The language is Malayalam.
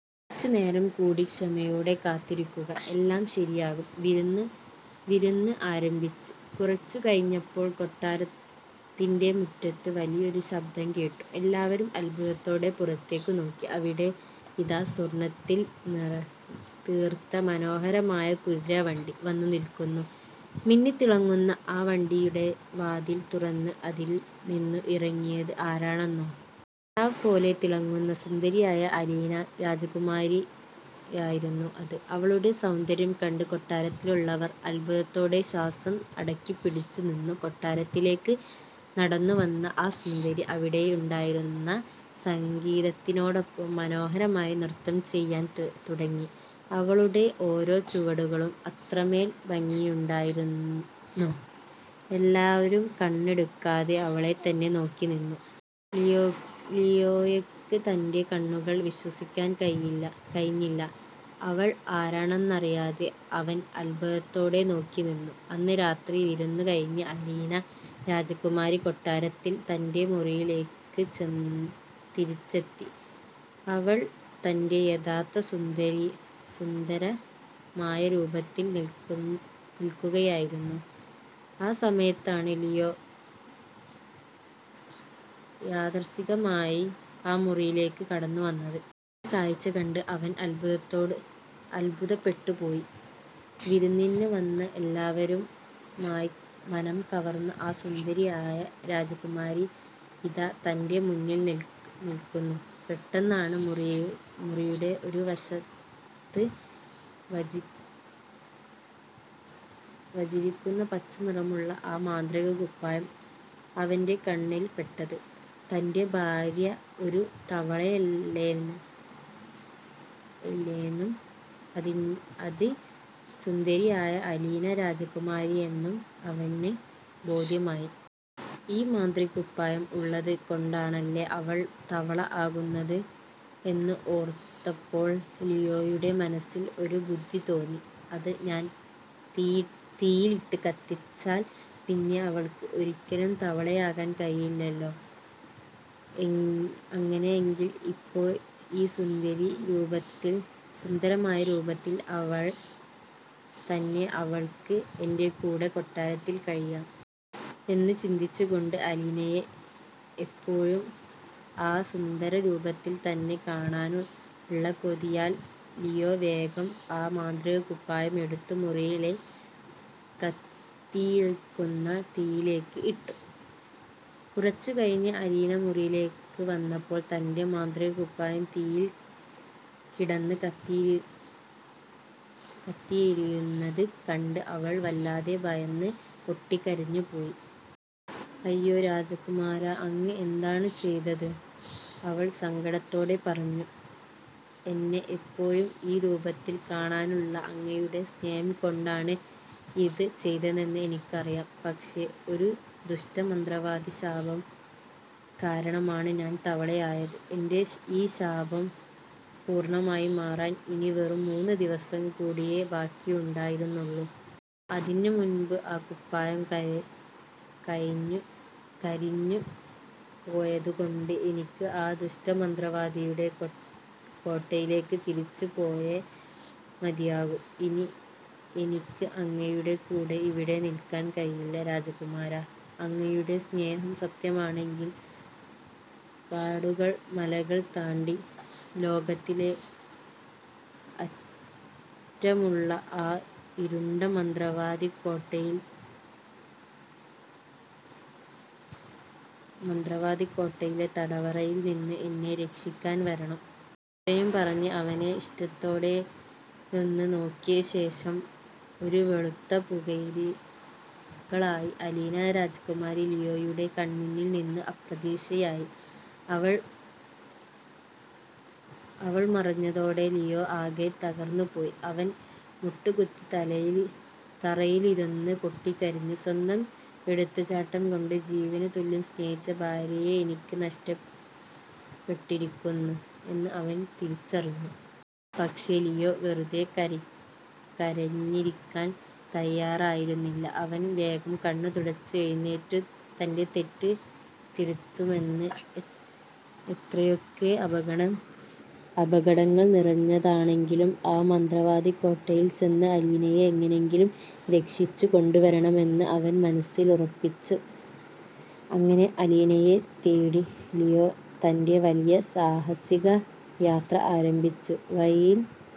കുറച്ചുനേരം കൂടി ക്ഷമയോടെ കാത്തിരിക്കൂ, എല്ലാം ശരിയാകും. " വിരുന്ന് ആരംഭിച്ച് കുറച്ചുകഴിഞ്ഞപ്പോൾ, കൊട്ടാരത്തിന്റെ മുറ്റത്ത് വലിയൊരു ശബ്ദം കേട്ടു. എല്ലാവരും അത്ഭുതത്തോടെ പുറത്തേക്ക് നോക്കി. അവിടെ ഇതാ സ്വർണത്തിൽ തീർത്ത മനോഹരമായൊരു കുതിരവണ്ടി വന്നുനിൽക്കുന്നു! മിന്നിത്തിളങ്ങുന്ന ആ വണ്ടിയുടെ വാതിൽ തുറന്ന് അതിൽനിന്നും ഇറങ്ങിയത് ആരാണെന്നോ? നിലാവ് പോലെ തിളങ്ങുന്ന സുന്ദരിയായ അലീന രാജകുമാരിയായിരുന്നു അത്! അവളുടെ സൗന്ദര്യം കണ്ട് കൊട്ടാരത്തിലുള്ളവർ അത്ഭുതത്തോടെ ശ്വാസം അടക്കിപ്പിടിച്ചു നിന്നു. കൊട്ടാരത്തിലേക്ക് നടന്നു വന്ന ആ സുന്ദരി അവിടെയുണ്ടായിരുന്ന സംഗീതത്തിനൊപ്പം മനോഹരമായി നൃത്തം ചെയ്യാൻ തുടങ്ങി. അവളുടെ ഓരോ ചുവടുകളും അത്രമേൽ ഭംഗിയുള്ളതായിരുന്നു. എല്ലാവരും കണ്ണെടുക്കാതെ അവളെത്തന്നെ നോക്കിനിന്നു. ലിയോയ്ക്കും തന്റെ കണ്ണുകളെ വിശ്വസിക്കാൻ കഴിഞ്ഞില്ല; അവൾ ആരാണെന്നറിയാതെ അവൻ അത്ഭുതത്തോടെ നോക്കിനിന്നു. അന്ന് രാത്രി വിരുന്ന് കഴിഞ്ഞ്, അലീന രാജകുമാരി കൊട്ടാരത്തിലെ തന്റെ മുറിയിലേക്ക് തിരിച്ചെത്തി. അവൾ തന്റെ യഥാർത്ഥ സുന്ദരമായ രൂപത്തിൽ നിൽക്കുകയായിരുന്നു. ആ സമയത്താണ് ലിയോ യാദൃച്ഛികമായി ആ മുറിയിലേക്ക് കടന്നുവന്നത്! മുറിയിലെ കാഴ്ച കണ്ട് അവൻ അത്ഭുതപ്പെട്ടുപോയി! വിരുന്നിന് വന്ന് എല്ലാവരുടെയും മനംകവർന്ന ആ സുന്ദരിയായ രാജകുമാരി ഇതാ തന്റെ മുന്നിൽ നിൽക്കുന്നു! പെട്ടെന്നാണ് മുറിയുടെ ഒരു വശത്ത് വജിരിക്കുന്ന പച്ചനിറമുള്ള ആ മാന്ത്രികക്കുപ്പായം അവന്റെ കണ്ണിൽ പെട്ടത്. തന്റെ ഭാര്യ ഒരു തവളയല്ലെന്നും, അതിസുന്ദരിയായ അലീന രാജകുമാരിഎന്നും അവന് ബോധ്യമായി. ഈ മാന്ത്രികക്കുപ്പായം ഉള്ളത് കൊണ്ടാണല്ലോ അവൾ തവള ആകുന്നത് എന്ന് ഓർത്തപ്പോൾ ലിയോയുടെ മനസ്സിൽ ഒരു ബുദ്ധി തോന്നി. "ഇത് ഞാൻ തീയിലിട്ട് കത്തിച്ചാൽ പിന്നെ അവൾക്ക് ഒരിക്കലും തവളയാകാൻ കഴിയില്ലല്ലോ! അങ്ങനെയെങ്കിൽ ഇപ്പോഴും ഈ സുന്ദരമായ രൂപത്തിൽ തന്നെ അവൾക്ക് എന്റെ കൂടെ കൊട്ടാരത്തിൽ കഴിയാം. " എന്ന് ചിന്തിച്ചുകൊണ്ട്, അലീനയെ എപ്പോഴും ആ സുന്ദര രൂപത്തിൽ തന്നെ കാണാനുള്ള കൊതിയാൽ ലിയോ വേഗം ആ മാന്ത്രികക്കുപ്പായം എടുത്ത് മുറിയിലെ കത്തിയിക്കുന്നന്ന തീയിലേക്ക് ഇട്ടു! കുറച്ചുകഴിഞ്ഞ് അലീന മുറിയിലേക്ക് വന്നപ്പോൾ, തന്റെ മാന്ത്രികക്കുപ്പായം തീയിൽ കിടന്ന് കത്തിയെരിയുന്നത് കണ്ട് അവൾ വല്ലാതെ ഭയന്ന് പൊട്ടിക്കരഞ്ഞുപോയി! "അയ്യോ രാജകുമാരാ, അങ്ങ് എന്താണീ ചെയ്തത്? " അവൾ സങ്കടത്തോടെ പറഞ്ഞു. "എന്നെ എപ്പോഴും ഈ രൂപത്തിൽ കാണാനുള്ള അങ്ങയുടെ സ്നേഹം കൊണ്ടാണ് ഇത് ചെയ്തതെന്ന് എനിക്കറിയാം. പക്ഷേ, ഒരു ദുഷ്ടമന്ത്രവാദിയുടെ ശാപം കാരണമാണ് ഞാൻ തവളയായത്. എന്റെ ഈ ശാപം പൂർണ്ണമായി മാറാൻ ഇനി വെറും മൂന്ന് ദിവസങ്ങൾ കൂടിയേ ബാക്കിയുണ്ടായിരുന്നുള്ളൂ! അതിനുമുൻപേ ആ കുപ്പായം കരിഞ്ഞു പോയതുകൊണ്ട്, എനിക്ക് ആ ദുഷ്ടമന്ത്രവാദിയുടെ കോട്ടയിലേക്ക് തിരിച്ചുപോയേ മതിയാകൂ. ഇനി എനിക്ക് അങ്ങയുടെ കൂടെ ഇവിടെ നിൽക്കാൻ കഴിയില്ല രാജകുമാരാ! അങ്ങയുടെ സ്നേഹം സത്യമാണെങ്കിൽ, കാടുകൾ മലകൾ താണ്ടി ലോകത്തിന്റെ അറ്റമുള്ള ആ ഇരുണ്ട മന്ത്രവാദക്കോട്ടയിലെ തടവറയിൽ നിന്ന് എന്നെ രക്ഷിക്കാൻ വരണം! " ഇത്രയും പറഞ്ഞ് അവനെ ഇഷ്ട ത്തോടെയൊന്നു നോക്കിയ ശേഷം, ഒരു വെളുത്ത പുകച്ചുളായി അലീന രാജകുമാരി ലിയോയുടെ കൺമുന്നിൽ നിന്നും അപ്രത്യക്ഷയായി! അവൾ മറഞ്ഞതോടെ ലിയോ ആകെ തകർന്നുപോയി. അവൻ മുട്ടുകുത്തി തറയിലിരുന്ന് പൊട്ടിക്കരഞ്ഞു. സ്വന്തം എടുത്തുചാട്ടം കൊണ്ട്, ജീവനുതുല്യം സ്നേഹിച്ച ഭാര്യയെ എനിക്ക് നഷ്ടപ്പെട്ടിരിക്കുന്നു എന്ന് അവൻ തിരിച്ചറിഞ്ഞു. പക്ഷേ, ലിയോ വെറുതെ കരഞ്ഞിരിക്കാൻ തയ്യാരായിരുന്നില്ല! അവൻ വേഗം കണ്ണുകൾ തുടച്ച് എഴുന്നേറ്റു. തന്റെ തെറ്റ് തിരുത്തുമെന്നും, എത്രയൊക്കെ അപകടങ്ങൾ നിറഞ്ഞതാണെങ്കിലും ആ മന്ത്രവാദക്കോട്ടയിൽ ചെന്ന് അലീനയെ എങ്ങനെയെങ്കിലും രക്ഷിച്ചു കൊണ്ടുവരണമെന്ന് അവൻ മനസ്സിലുറപ്പിച്ചു. അങ്ങനെ, അലീനയെ തേടി ലിയോ തന്റെ വലിയ സാഹസിക യാത്ര ആരംഭിച്ചു. വഴിയിൽ